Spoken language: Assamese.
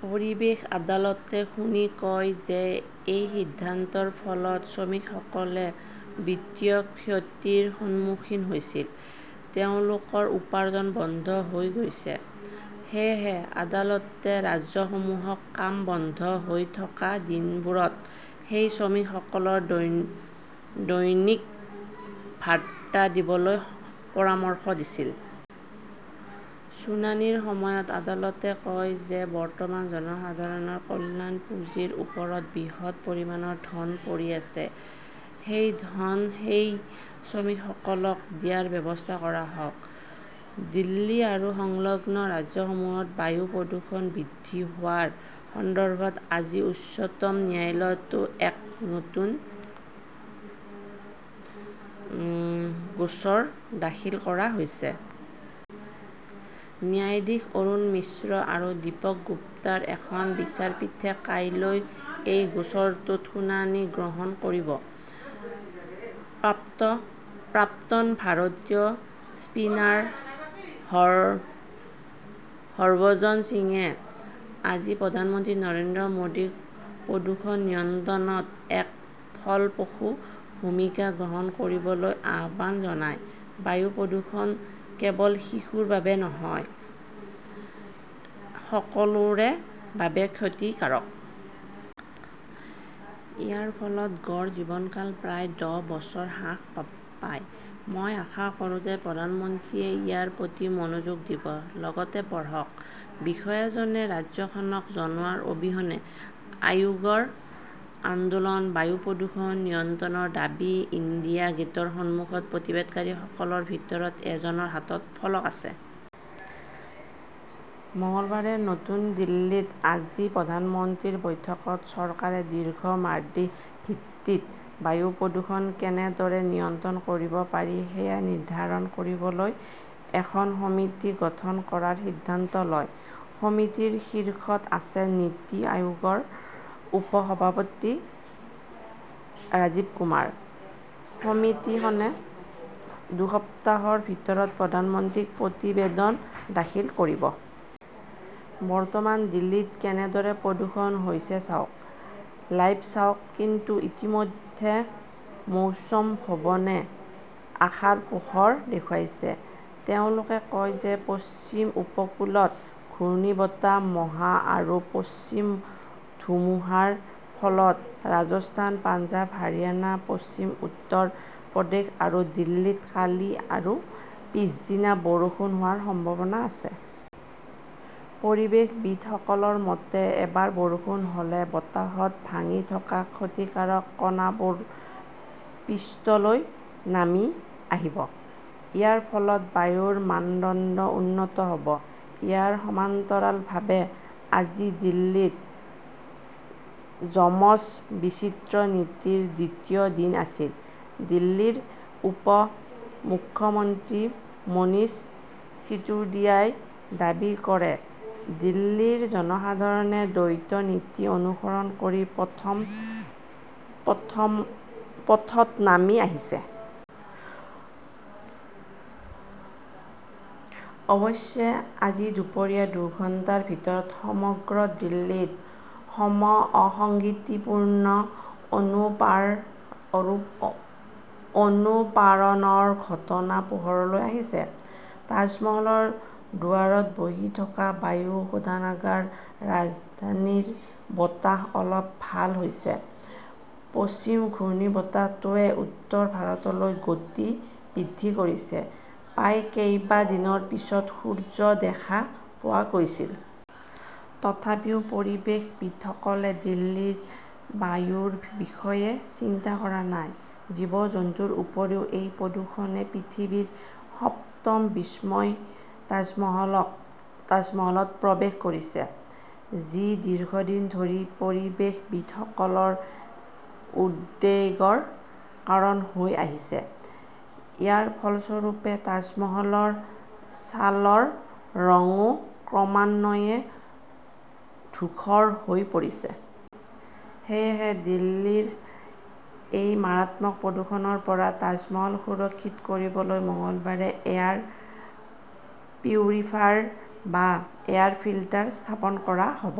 পৰিৱেশ আদালতে শুনি কয় যে এই সিদ্ধান্তৰ ফলত শ্ৰমিকসকলে বিত্তীয় ক্ষতিৰ সন্মুখীন হৈছিল। তেওঁলোকৰ উপাৰ্জন বন্ধ হৈ গৈছে। সেয়েহে আদালতে ৰাজ্যসমূহক কাম বন্ধ হৈ থকা দিনবোৰত সেই শ্ৰমিকসকলক দৈনিক ভাত্তা দিবলৈ পৰামৰ্শ দিছিল। শুনানিৰ সময়ত আদালতে কয় যে বৰ্তমান জনসাধাৰণৰ কল্যাণ পুঁজিৰ ওপৰত বৃহৎ পৰিমাণৰ ধন পৰি আছে। সেই ধন সেই শ্ৰমিকসকলক দিয়াৰ ব্যৱস্থা কৰা হওক। দিল্লী আৰু সংলগ্ন ৰাজ্যসমূহৰ বায়ু প্ৰদূষণ বৃদ্ধি হোৱাৰ সন্দৰ্ভত আজি উচ্চতম ন্যায়ালয়তো এক নতুন গোচৰ দাখিল কৰা হৈছিল। ন্যায়াধীশ অৰুণ মিশ্ৰ আৰু দীপক গুপ্তাৰ এখন বিচাৰপীঠে কাইলৈ এই গোচৰটোৰ শুনানি গ্ৰহণ কৰিব। প্ৰাক্তন ভাৰতীয় স্পিনাৰ হৰভজন সিঙে আজি প্ৰধানমন্ত্ৰী নৰেন্দ্ৰ মোডীক প্ৰদূষণ নিয়ন্ত্ৰণত এক ফলপ্ৰসূ ভূমিকা গ্ৰহণ কৰিবলৈ আহ্বান জনায়। "বায়ু প্ৰদূষণ কেৱল শিশুৰ বাবেই নহয়, সকলোৰে বাবে ক্ষতিকাৰক। ইয়াৰ ফলত গড় জীৱনকাল প্ৰায় দহ বছৰ হ্ৰাস পায়। মই আশা কৰোঁ যে প্ৰধানমন্ত্ৰীয়ে ইয়াৰ প্ৰতি মনোযোগ দিব।" লগতে পঢ়কঃ বিষয়াজনে ৰাজ্যখনক জনোৱাৰ অবিহনে আয়োগৰ আন্দোলন, বায়ু প্ৰদূষণ নিয়ন্ত্ৰণৰ দাবীত ইণ্ডিয়া গেটৰ সন্মুখত প্ৰতিবাদকাৰীসকলৰ ভিতৰত এজনৰ হাতত ফলক আছে। মঙলবাৰে নতুন দিল্লীত। আজি প্ৰধানমন্ত্ৰীৰ বৈঠকত চৰকাৰে দীৰ্ঘম্যাদী ভিত্তিত বায়ু প্ৰদূষণ কেনেদৰে নিয়ন্ত্ৰণ কৰিব পাৰি সেয়া নিৰ্ধাৰণ কৰিবলৈ এখন সমিতি গঠন কৰাৰ সিদ্ধান্ত লয়। সমিতিৰ শীৰ্ষত আছে নীতি আয়োগৰ উপ-সভাপতি ৰাজীৱ কুমাৰ। সমিতিখনে দুসপ্তাহৰ ভিতৰত প্ৰধানমন্ত্ৰীক প্ৰতিবেদন দাখিল কৰিব। বৰ্তমান দিল্লীত কেনেদৰে প্ৰদূষণ হৈছে চাওক, লাইভ চাওক কিন্তু ইতিমধ্যে মৌছ'ম ভৱনে আশাৰ পোহৰ দেখুৱাইছে। তেওঁলোকে কয় যে পশ্চিম উপকূলত ঘূৰ্ণীবতাহ মহা আৰু পশ্চিম ধুমুহাৰ ফলত ৰাজস্থান, পঞ্জাৱ, হাৰিয়ানা, পশ্চিম উত্তৰ প্ৰদেশ আৰু দিল্লীত কালি আৰু পিছদিনা বৰষুণ হোৱাৰ সম্ভাৱনা আছে। পৰিৱেশবিদসকলৰ মতে, এবাৰ বৰষুণ হ'লে বতাহত ভাহি থকা ক্ষতিকাৰক কণাবোৰ পৃষ্ঠলৈ নামি আহিব। ইয়াৰ ফলত বায়ুৰ মানদণ্ড উন্নত হ'ব। ইয়াৰ সমান্তৰালভাৱে আজি দিল্লীত যমজ-বিচিত্ৰ নীতিৰ দ্বিতীয় দিন আছিল। দিল্লীৰ উপ মুখ্যমন্ত্ৰী মনীষ চিচুডিয়াই দাবী কৰে, "দিল্লীৰ জনসাধাৰণে দ্বৈত নীতি অনুসৰণ কৰি পথত নামি আহিছে। "অৱশ্যে আজি দুপৰীয়া দুঘণ্টাৰ ভিতৰত সমগ্ৰ দিল্লীত সম-অসঙ্গতিপূৰ্ণ অনুপাৰণৰ ঘটনা পোহৰলৈ আহিছে। তাজমহলৰ দুৱাৰত বহি থকা বায়ু শোধনাগাৰ ৰাজধানীৰ বতাহ অলপ ভাল হৈছে। পশ্চিম ঘূৰ্ণীবতাহটোৱে উত্তৰ ভাৰতলৈ গতি বৃদ্ধি কৰিছে। প্ৰায় কেইবা দিনৰ পিছত সূৰ্য দেখা পোৱা গৈছিল। তথাপিও পৰিৱেশবিদসকলে দিল্লীৰ বায়ুৰ বিষয়ে চিন্তা কৰা নাই। জীৱ-জন্তুৰ উপৰিও, এই প্ৰদূষণে পৃথিৱীৰ সপ্তম বিস্ময় তাজমহলত প্ৰৱেশ কৰিছে, যি দীৰ্ঘদিন ধৰি পৰিৱেশবিদসকলৰ উদ্বেগৰ কাৰণ হৈ আহিছে। ইয়াৰ ফলস্বৰূপে তাজমহলৰ ছালৰ ৰংও ক্ৰমান্বয়ে ধূসৰ হৈ পৰিছে। সেয়েহে দিল্লীৰ এই মাৰাত্মক প্ৰদূষণৰ পৰা তাজমহল সুৰক্ষিত কৰিবলৈ মঙলবাৰে এয়াৰ পিউৰিফায়াৰ বা এয়াৰ ফিল্টাৰ স্থাপন কৰা হ'ব।